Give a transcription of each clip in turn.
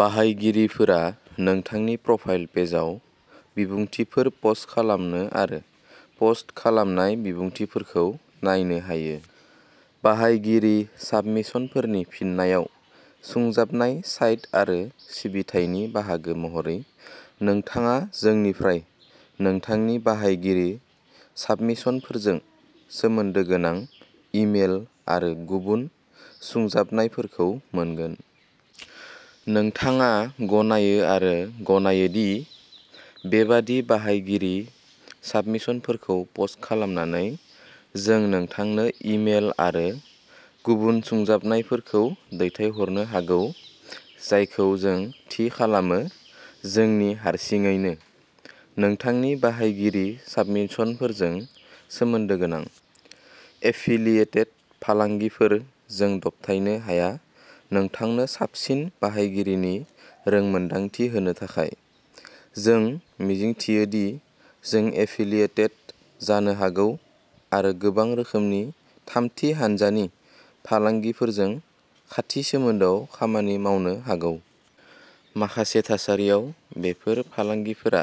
बाहायगिरिफोरा नोंथांनि प्रफाइल पेजआव बिबुंथिफोर पस्ट खालामनो आरो पस्ट खालामनाय बिबुंथिफोरखौ नायनो हायो। बाहायगिरि साबमिशनफोरनि फिननायाव सुंजाबनाय साइट आरो सिबिथायनि बाहागो महरै, नोंथाङा जोंनिफ्राय नोंथांनि बाहायगिरि साबमिशनफोरजों सोमोन्दो गोनां इमेल आरो गुबुन सुंजाबनायफोरखौ मोनगोन। नोंथाङा गनायो आरो गनायो दि बेबादि बाहायगिरि साबमिशनफोरखौ पस्ट खालामनानै, जों नोंथांनो इमेल आरो गुबुन सुंजाबनायफोर दैथायहरनो हागौ जायखौ जों थि खालामो, जोंनि हारसिङैनो, नोंथांनि बाहायगिरि साबमिशनफोरजों सोमोन्दो गोनां। एफिलियेटेड फालांगिफोर जों दबथायनो हाया नोंथांनो साबसिन बाहायगिरिनि रोंमोनदांथि होनो थाखाय, जों मिजिंथियो दि जों एफिलियेटेड जानो हागौ आरो गोबां रोखोमनि थामथि हान्जानि फालांगिफोरजों खाथि सोमोन्दोआव खामानि मावनो हागौ। माखासे थासारियाव, बेफोर फालांगिफोरा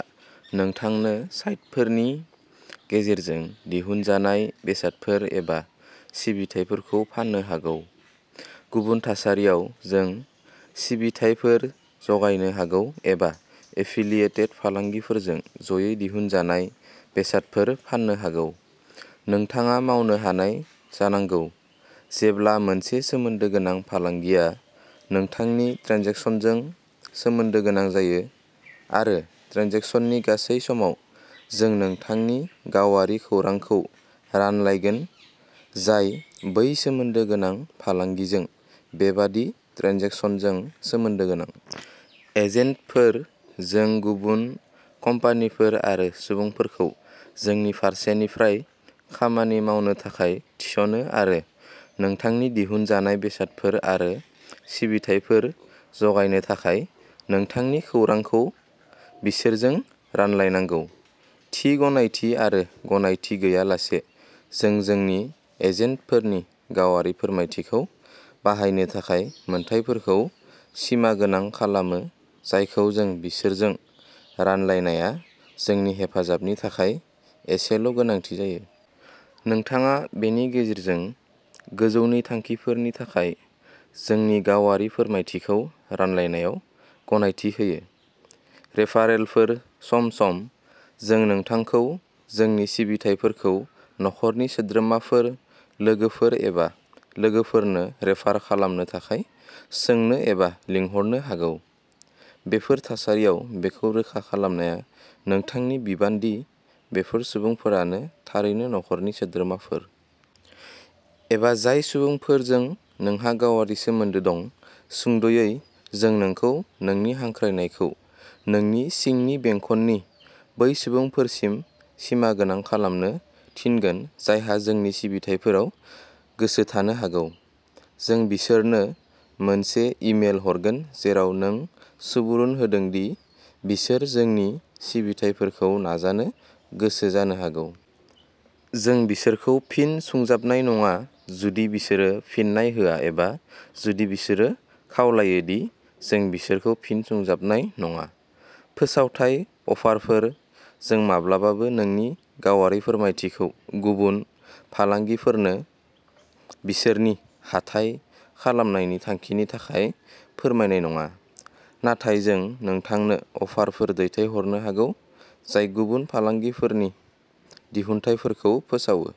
नोंथांनो साइटफोरनि गेजेरजों दिहुनजानाय बेसादफोर एबा सिबिथाइफोरखौ फान्नो हागौ। गुबुन थासारियाव, जों सिबिथाइफोर जगायनो हागौ, एबा एफिलियेटेड फालांगिफोरजों ज'यै दिहुनजानाय बेसादफोर फाननो हागौ। नोंथाङा मावनो हानाय जानांगौ। जेब्ला मोनसे सोमोन्दो गोनां फालांगिया नोंथांनि ट्रेन्जेकसनजों सोमोन्दो गोनां जायो, आरो ट्रेन्जेकसननि गासै समाव, जों नोंथांनि गावारि खौरांखौ रानलायगोन जाय बै सोमोन्दो गोनां फालांगिजों बेबादि ट्रेन्जेकसनजों सोमोन्दो गोनां। एजेन्टफोर जों गुबुन कम्पानिफोर आरो सुबुंफोरखौ जोंनि फारसेनिफ्राय खामानि मावनो थाखाय थिसनो आरो नोंथांनो दिहुनजानाय बेसादफोर आरो सिबिथाइफोर जगायनो थाखाय नोंथांनि खौरांखौ बिसोरजों रानलायनांगौ। थि गनायथि आरो गनायथि गैयालासे, जों जोंनि एजेन्टफोरनि गावारि फोरमायथिखौ बाहायनो थाखाय मोनथायफोरखौ सिमागोनां खालामो जायखौ जों बिसोरजों रानलायनाया जोंनि हेफाजाबनि थाखाय एसेल' गोनांथि जायो। नोंथाङा बेनि गेजेरजों गोजौनि थांखिफोरनि थाखाय जोंनि गावारि फोरमायथिखौ रानलायनायाव गनायथि होयो। रेफारेलफोर सम सम, जों नोंथांखौ जोंनि सिबिथाइफोरखौ नखरनि सोद्रोमाफोर, लोगोफोर एबा लोगोफोरनो रेफार खालामनो थाखाय सोंनो एबा लिंहरनो हागौ। बेफोर थासारियाव, बेखौ रोखा खालामनाया नोंथांनि बिबान दि बेफोर सुबुंफोरानो थारैनो नखरनि सोद्रोमाफोर। एबा जाय सुबुंफोरजों नोंहा गावारि सोमोन्दो दं। सुंद'यै, जों नोंखौ नोंनि हांख्रायनायखौ नोंनि सिंनि बेंखननि बै सुबुंफोरसिम सिमागोनां खालामनो थिनगोन जायहा जोंनि सिबिथाइफोराव गोसो थानो हागौ। जों बिसोरनो मोनसे इमेल हरगोन जेराव नों सुबुरुन होदों दि बिसोर जोंनि सिबिथाइफोरखौ नाजानो गोसो जानो हागौ। जों बिसोरखौ फिन सुंजाबनाय नङा जुदि बिसोरो फिन्नाय होआ एबा जुदि बिसोरो खावलायो दि जों बिसोरखौ फिन सुंजाबनाय नङा। फोसावथाय अफारफोर जों माब्लाबाबो नोंनि गावारि फोरमायथिखौ गुबुन फालांगिफोरनो बिसोरनि हाथाय खालामनायनि थांखिनि थाखाय फोरमायनाय नङा, नाथाय जों नोंथांनो अफारफोर दैथायहरनो हागौ जाय गुबुन फालांगिफोरनि दिहुनथायफोरखौ फोसावो।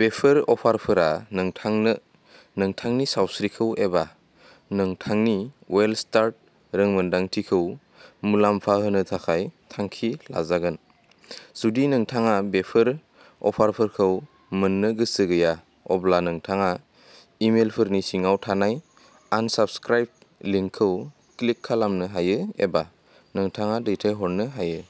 बेफोर अफारफोरा नोंथांनो, नोंथांनि सावस्रिखौ, एबा नोंथांनि वेलस्टार्ट रोंमोनदांथिखौ मुलाम्फा होनो थाखाय थांखि लाजागोन। जुदि नोंथाङा बेफोर अफारफोरखौ मोन्नो गोसो गैया, अब्ला नोंथाङा इमेलफोरनि सिङाव थानाय "आनसाबस्क्राइब" लिंकखौ क्लिक खालामनो हायो एबा नोंथाङा दैथायहरनो हायो।